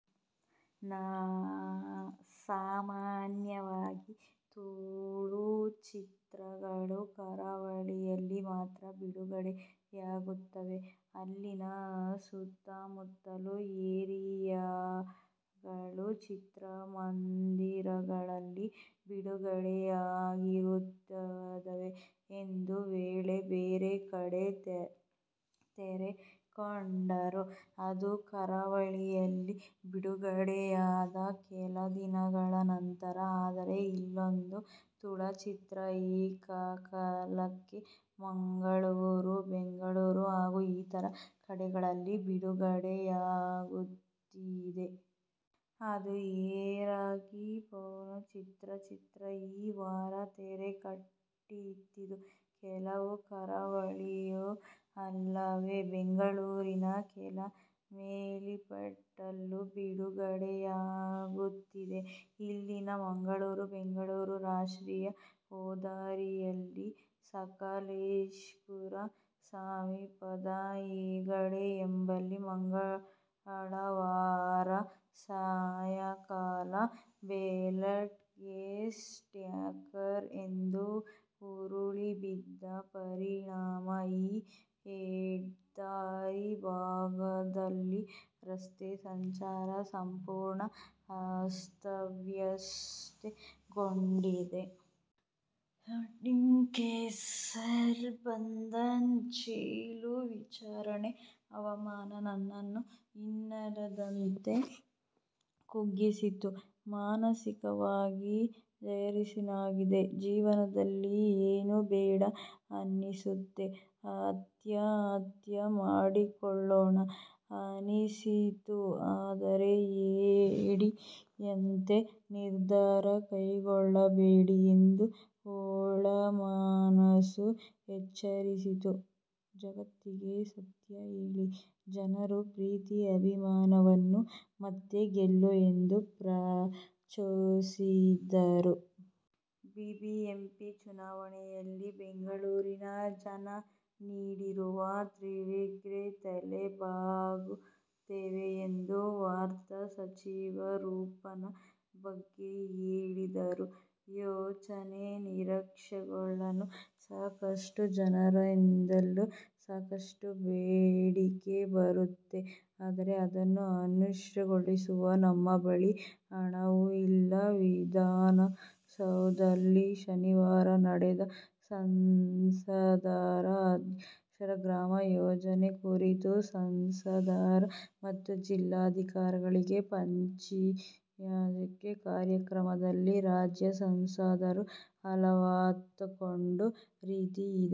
ಸಾಮಾನ್ಯವಾಗಿ ತುಳು ಚಿತ್ರಗಳು ಕರಾವಳಿಯಲ್ಲಿ ಮಾತ್ರ ಬಿಡುಗಡೆಯಾಗುತ್ತವೆ. ಅಲ್ಲಿನ ಸುತ್ತಮುತ್ತಲ ಏರಿಯಾಗಳ ಚಿತ್ರಮಂದಿರಗಳಲ್ಲಿ ಬಿಡುಗಡೆಯಾಗುತ್ತಿರುತ್ತದೆ. ಒಂದು ವೇಳೆ ಬೇರೆ ಕಡೆ ತೆರೆಕಂಡರೂ ಅದು ಕರಾವಳಿಯಲ್ಲಿ ಬಿಡುಗಡೆಯಾದ ಕೆಲ ದಿನಗಳ ನಂತರ. ಆದರೆ ಇಲ್ಲೊಂದು ತುಳು ಚಿತ್ರ ಏಕಕಾಲಕ್ಕೆ ಮಂಗಳೂರು, ಬೆಂಗಳೂರು ಹಾಗೂ ಇತರ ಕಡೆಗಳಲ್ಲಿ ಬಿಡುಗಡೆಯಾಗುತ್ತಿದೆ. ಅದು "ಏರೆಗ್ಲಾ ಪನೊಡ್ಜಿ' ಚಿತ್ರ. ಚಿತ್ರ ಈ ವಾರ ತೆರೆಕಾಣುತ್ತಿದ್ದು, ಕೇವಲ ಕರಾವಳಿಯಷ್ಟೇ ಅಲ್ಲದೇ, ಬೆಂಗಳೂರಿನ ಕೆಲ ಮಲ್ಟಿಪ್ಲೆಕ್ಸ್ಗಳಲ್ಲೂ ಬಿಡುಗಡೆಯಾಗುತ್ತಿದೆ. ಇಲ್ಲಿನ ಮಂಗಳೂರು- ಬೆಂಗಳೂರು ರಾಷ್ಟ್ರೀಯ ಹೆದ್ದಾರಿಯಲ್ಲಿನ ಸಕಲೇಶಪುರ ಸಮೀಪದ ಹೆಗ್ಗದ್ದೆ ಎಂಬಲ್ಲಿ ಮಂಗಳವಾರ ಸಾಯಂಕಾಲ ಬುಲೆಟ್ ಗ್ಯಾಸ್ ಟ್ಯಾಂಕರ್ ಒಂದು ಉರುಳಿಬಿದ್ದ ಪರಿಣಾಮ ಈ ಹೆದ್ದಾರಿ ಭಾಗದಲ್ಲಿ ರಸ್ತೆ ಸಂಚಾರ ಸಂಪೂರ್ಣ ಅಸ್ತವ್ಯಸ್ತಗೊಂಡಿದೆ. ಸ್ಪಾಟ್ಫಿಕ್ಸಿಂಗ್ ಕೇಸಲ್ಲಿ ಬಂಧನ, ಜೈಲು, ವಿಚಾರಣೆ, ಅವಮಾನ ನನ್ನನ್ನು ಇನ್ನಿಲ್ಲದಂತೆ ಕುಗ್ಗಿಸಿತ್ತು. ಮಾನಸಿಕವಾಗಿ ಜರ್ಝರಿತನಾಗಿದ್ದೆ. ಜೀವನದಲ್ಲಿ ಏನೂ ಬೇಡ ಅನಿಸಿತ್ತು. ಆತ್ಮಹತ್ಯೆ ಮಾಡಿಕೊಳ್ಳೋಣ ಅನಿಸಿತ್ತು. ಆದರೆ, ಹೇಡಿಯಂತೆ ನಿರ್ಧಾರ ಕೈಗೊಳ್ಳಬೇಡ ಎಂದು ಒಳಮನಸ್ಸು ಎಚ್ಚರಿಸಿತು. ಜಗತ್ತಿಗೆ ಸತ್ಯ ಹೇಳಿ, ಜನರ ಪ್ರೀತಿ-ಅಭಿಮಾನವನ್ನು ಮತ್ತೆ ಗೆಲ್ಲು ಎಂದು ಪ್ರಚೋದಿಸಿತು. ಬಿಬಿಎಂಪಿ ಚುನಾವಣೆಯಲ್ಲಿ ಬೆಂಗಳೂರಿನ ಜನ ನೀಡಿರುವ ತೀರ್ಪಿಗೆ ತಲೆಬಾಗುತ್ತೇವೆ ಎಂದು ವಾರ್ತಾ ಸಚಿವ ರೋಷನ್ ಬೇಗ್ ಹೇಳಿದರು. ಯೋಜನೆ ನಿರೀಕ್ಷೆಗಳೇನೋ ಸಾಕಷ್ಟಿವೆ. ಜನರಿಂದಲೂ ಸಾಕಷ್ಟು ಬೇಡಿಕೆ ಬರುತ್ತಿದೆ. ಆದರೆ, ಅದನ್ನು ಅನುಷ್ಠಾನಗೊಳಿಸಲು ನಮ್ಮ ಬಳಿ ಹಣವೇ ಇಲ್ಲ! ವಿಧಾನಸೌಧದಲ್ಲಿ ಶನಿವಾರ ನಡೆದ ಸಂಸದರ ಆದರ್ಶ ಗ್ರಾಮ ಯೋಜನೆ ಕುರಿತು ಸಂಸದರು ಮತ್ತು ಜಿಲ್ಲಾಧಿಕಾರಿಗಳಿಗೆ ಪರಿಚಯಾತ್ಮಕ ಕಾರ್ಯಕ್ರಮದಲ್ಲಿ ರಾಜ್ಯದ ಸಂಸದರು ಅಲವತ್ತುಕೊಂಡ ರೀತಿ ಇದು.